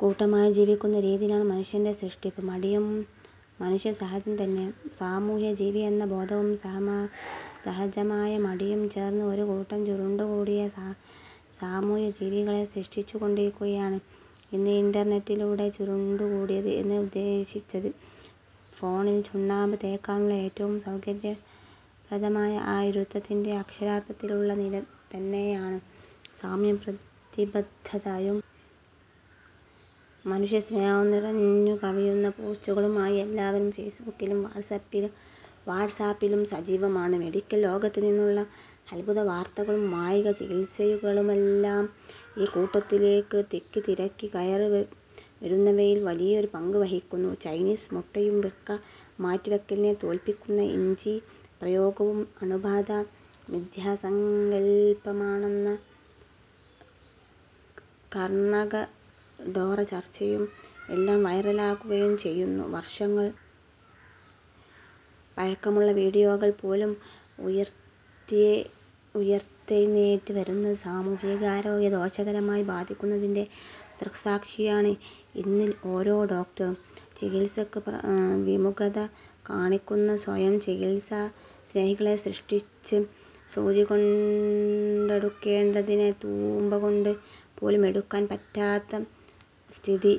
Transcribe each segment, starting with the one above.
കൂട്ടമായി ജീവിക്കുന്ന രീതിയിലാണ് മനുഷ്യന്റെ സൃഷ്ടിപ്പ്. മടിയും മനുഷ്യസഹജം തന്നെ. സാമൂഹ്യജീവി എന്ന ബോധവും സഹജമായ മടിയും ചേർന്ന് ഒരു കൂട്ടം ചുരുണ്ടുകൂടിയ സാമൂഹ്യജീവികളെ സൃഷ്ടിച്ചുകൊണ്ടിരിക്കുകയാണ് ഇന്ന് ഇന്റർനെറ്റിലൂടെ. ചുരുണ്ടുകൂടിയത് എന്ന് ഉദ്ദേശിച്ചത് ഫോണിൽ ചുണ്ണാമ്പ് തേക്കാനുള്ള ഏറ്റവും സൗകര്യപ്രദമായ ആ ഇരുത്തത്തിന്റെ അക്ഷരാർത്ഥത്തിലുള്ള നില തന്നെയാണ്. സാമൂഹ്യപ്രതിബദ്ധതയും മനുഷ്യസ്നേഹവും നിറഞ്ഞുകവിയുന്ന പോസ്റ്റുകളുമായി എല്ലാവരും ഫേസ്ബുക്കിലും വാട്ട്സാപ്പിലും സജീവമാണ്. മെഡിക്കൽ ലോകത്ത് നിന്നുള്ള അദ്ഭുതവാർത്തകളും മായിക ചികിത്സകളുമെല്ലാം ഈ കൂട്ടത്തിലേക്ക് തിക്കിത്തിരക്കി കയറിവരുന്നവയിൽ വലിയൊരു പങ്ക് വഹിക്കുന്നു. ചൈനീസ് മുട്ടയും വൃക്ക മാറ്റിവെക്കലിനെ തോൽപ്പിക്കുന്ന ഇഞ്ചിപ്രയോഗവും അണുബാധ മിഥ്യാസങ്കൽപ്പമാണെന്ന കർണകഠോര ചർച്ചയും എല്ലാം വൈറലാകുകയും ചെയ്യുന്നു. വർഷങ്ങൾ പഴക്കമുള്ള വീഡിയോകൾ പോലും ഉയിർത്തെഴുന്നേറ്റ് വരുന്നത് സാമൂഹികാരോഗ്യത്തെ ദോഷകരമായി ബാധിക്കുന്നതിന്റെ ദൃക്സാക്ഷിയാണ് ഇന്ന് ഓരോ ഡോക്ടറും. ചികിത്സയ്ക്ക് വിമുഖത കാണിക്കുന്ന സ്വയം ചികിത്സാസ്നേഹികളെ സൃഷ്ടിച്ച് സൂചികൊണ്ടെടുക്കേണ്ടതിനെ തൂമ്പകൊണ്ട് പോലും എടുക്കാൻ പറ്റാത്ത സ്ഥിതി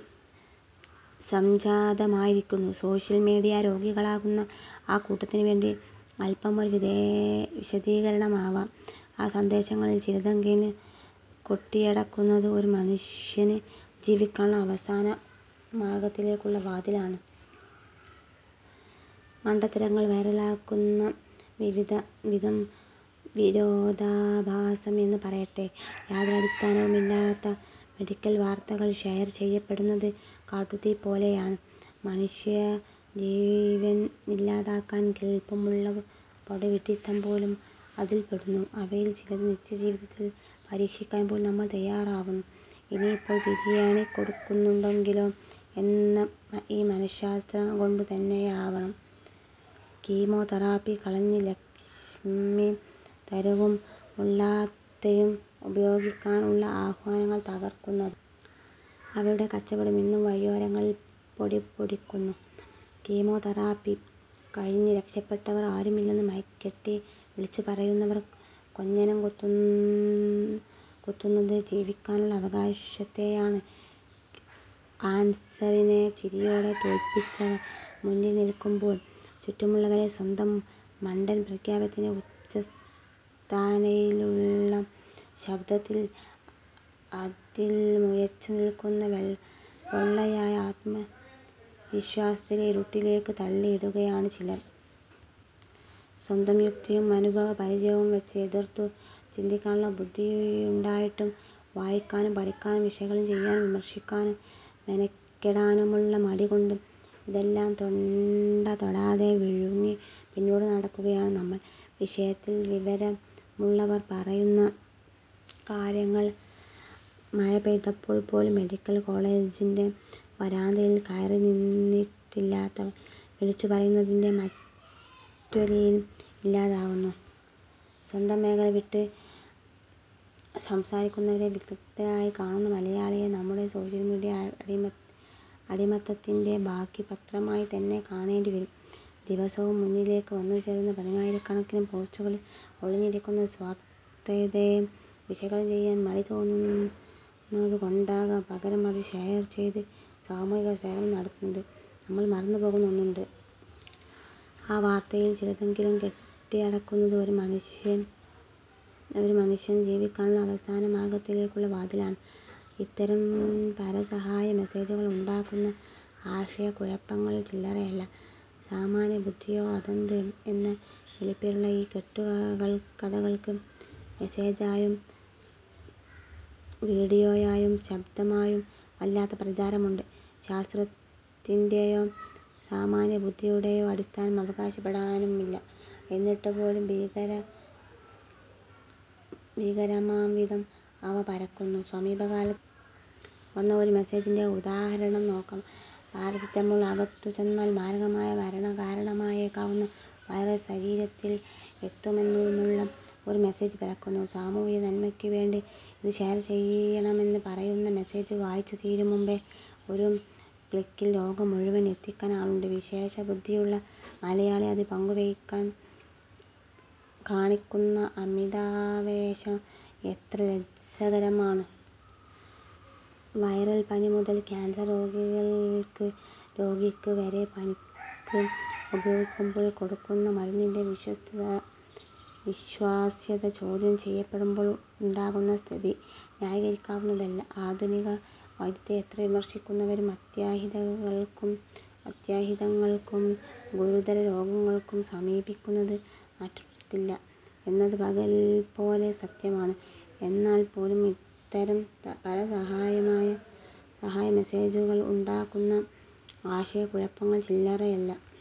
സംജാതമായിരിക്കുന്നു. സോഷ്യൽ മീഡിയ രോഗികളാക്കുന്ന ആ കൂട്ടത്തിന് വേണ്ടി അൽപമൊരു വിശദീകരണമാവാം. ആ സന്ദേശങ്ങളിൽ ചിലതെങ്കിലും കൊട്ടിയടക്കുന്നത് ഒരു മനുഷ്യന് ജീവിക്കാനുള്ള അവസാനമാർഗത്തിലേക്കുള്ള വാതിലാണ്. മണ്ടത്തരങ്ങൾ വൈറലാക്കുന്ന വിധം വിരോധാഭാസം എന്ന് പറയട്ടെ. യാതൊരു അടിസ്ഥാനവുമില്ലാത്ത മെഡിക്കൽ വാർത്തകൾ ഷെയർ ചെയ്യപ്പെടുന്നത് കാട്ടുതീ പോലെയാണ്. മനുഷ്യജീവൻ ഇല്ലാതാക്കാൻ കെൽപ്പുള്ള പടുവിഡ്ഢിത്തം പോലും അതിൽപ്പെടുന്നു. അവയിൽ ചിലത് നിത്യജീവിതത്തിൽ പരീക്ഷിക്കാൻ പോലും നമ്മൾ തയ്യാറാവുന്നു. ഇനിയിപ്പോ ബിരിയാണി കൊടുക്കുന്നുണ്ടെങ്കിലോ എന്ന ഈ മനശാസ്ത്രം കൊണ്ടുതന്നെയാവണം കീമോതെറാപ്പി കളഞ്ഞ് ലക്ഷ്മിതരുവും മുള്ളാത്തയും ഉപയോഗിക്കാനുള്ള ആഹ്വാനങ്ങൾ തകർക്കുന്നത്. അവയുടെ കച്ചവടം ഇന്നും വഴിയോരങ്ങളിൽ പൊടിപൊടിക്കുന്നു. കീമോതെറാപ്പി കഴിഞ്ഞ് രക്ഷപ്പെട്ടവർ ആരുമില്ലെന്ന് മൈക്ക് കെട്ടി വിളിച്ചുപറയുന്നവർ കൊഞ്ഞനം കുത്തുന്നത് ജീവിക്കാനുള്ള അവകാശത്തെയാണ്. കാൻസറിനെ ചിരിയോടെ തോൽപ്പിച്ചവർ മുന്നിൽ നിൽക്കുമ്പോൾ ചുറ്റുമുള്ളവരെ സ്വന്തം മണ്ടൻ പ്രഖ്യാപനത്തിന്റെ ഉച്ചസ്ഥായിയിലുള്ള ശബ്ദത്തിൽ അതിൽ മുഴച്ചുനിൽക്കുന്ന പൊള്ളയായ ആത്മവിശ്വാസത്തിൽ ഇരുട്ടിലേക്ക് തള്ളിയിടുകയാണ് ചിലർ. സ്വന്തം യുക്തിയും അനുഭവപരിചയവും വെച്ച് എതിർത്തുചിന്തിക്കാനുള്ള ബുദ്ധിയുണ്ടായിട്ടും വായിക്കാനും പഠിക്കാനും വിശകലനം ചെയ്യാനും വിമർശിക്കാനും മെനക്കെടാനുമുള്ള മടി കൊണ്ട് ഇതെല്ലാം തൊണ്ടതൊടാതെ വിഴുങ്ങി പിന്നോട്ട് നടക്കുകയാണ് നമ്മൾ. വിഷയത്തിൽ വിവരമുള്ളവർ പറയുന്ന കാര്യങ്ങൾ മഴ പെയ്തപ്പോൾ പോലും മെഡിക്കൽ കോളേജിന്റെ വരാന്തയിൽ കയറിനിന്നിട്ടില്ലാത്തവർ വിളിച്ചുപറയുന്നതിന്റെ മാറ്റൊലിയിൽ ഇല്ലാതാവുന്നു. സ്വന്തം മേഖല വിട്ട് സംസാരിക്കുന്നവരെ വിദഗ്ധരായി കാണുന്ന മലയാളിയെ നമ്മുടെ സോഷ്യൽ മീഡിയ അടിമത്തത്തിന്റെ ബാക്കിപത്രമായി തന്നെ കാണേണ്ടിവരും. ദിവസവും മുന്നിലേക്ക് വന്നുചേരുന്ന പതിനായിരക്കണക്കിന് പോസ്റ്റുകളിൽ ഒളിഞ്ഞിരിക്കുന്ന സ്വാർഥതയെ വിശകലനം ചെയ്യാൻ മടി തോന്നുന്നതുകൊണ്ടാകാം പകരം അത് ഷെയർ ചെയ്ത് സാമൂഹികസേവനം നടത്തുന്നത്. നമ്മൾ മറന്നുപോകുന്ന ഒന്നുണ്ട്. ആ വാർത്തയിൽ ചിലതെങ്കിലും കൊട്ടിയടക്കുന്നത് ഒരു മനുഷ്യന് ജീവിക്കാനുള്ള അവസാനമാർഗത്തിലേക്കുള്ള വാതിലാണ്. ഇത്തരം പരസഹായ മെസേജുകൾ ഉണ്ടാക്കുന്ന ആശയക്കുഴപ്പങ്ങൾ ചില്ലറയല്ല. സാമാന്യബുദ്ധിയോ അതെന്ത് എന്ന വിളിപ്പേരുള്ള ഈ കെട്ടുകഥകൾക്ക് മെസേജായും വീഡിയോയായും ശബ്ദമായും വല്ലാത്ത പ്രചാരമുണ്ട്. ശാസ്ത്രത്തിന്റെയോ സാമാന്യബുദ്ധിയുടെയോ അടിസ്ഥാനം അവകാശപ്പെടാനുമില്ല. എന്നിട്ടുപോലും ഭീകരമാംവിധം അവ പരക്കുന്നു. സമീപകാലത്ത് വന്ന ഒരു മെസേജിന്റെ ഉദാഹരണം നോക്കാം. പാരസെറ്റമോൾ അകത്തുചെന്നാൽ മാരകമായ മരണകാരണമായേക്കാവുന്ന വൈറസ് ശരീരത്തിൽ എത്തുമെന്നുമുള്ള ഒരു മെസേജ് പിറക്കുന്നു. സാമൂഹ്യനന്മയ്ക്കുവേണ്ടി ഇത് ഷെയർ ചെയ്യണമെന്ന് പറയുന്ന മെസേജ് വായിച്ചുതീരും മുമ്പേ ഒരു ക്ലിക്കിൽ ലോകം മുഴുവൻ എത്തിക്കാൻ ആളുണ്ട്. വിശേഷബുദ്ധിയുള്ള മലയാളി അത് പങ്കുവെക്കാൻ കാണിക്കുന്ന അമിതാവേശം എത്ര ലജ്ജാകരമാണ്. വൈറൽപ്പനി മുതൽ കാൻസർ രോഗിക്ക് വരെ പനിക്ക് ഉപയോഗിക്കുമ്പോൾ കൊടുക്കുന്ന മരുന്നിന്റെ വിശ്വാസ്യത ചോദ്യം ചെയ്യപ്പെടുമ്പോൾ ഉണ്ടാകുന്ന സ്ഥിതി ന്യായീകരിക്കാവുന്നതല്ല. ആധുനികവൈദ്യത്തെ എത്ര വിമർശിക്കുന്നവരും അത്യാഹിതങ്ങൾക്കും ഗുരുതരരോഗങ്ങൾക്കും സമീപിക്കുന്നത് മറ്റൊരിടത്തല്ല എന്നത് പകൽപോലെ സത്യമാണ്. എന്നാൽപ്പോലും ഇത്തരം പരസഹായ മെസേജുകൾ ഉണ്ടാക്കുന്ന ആശയക്കുഴപ്പങ്ങൾ ചില്ലറയല്ല.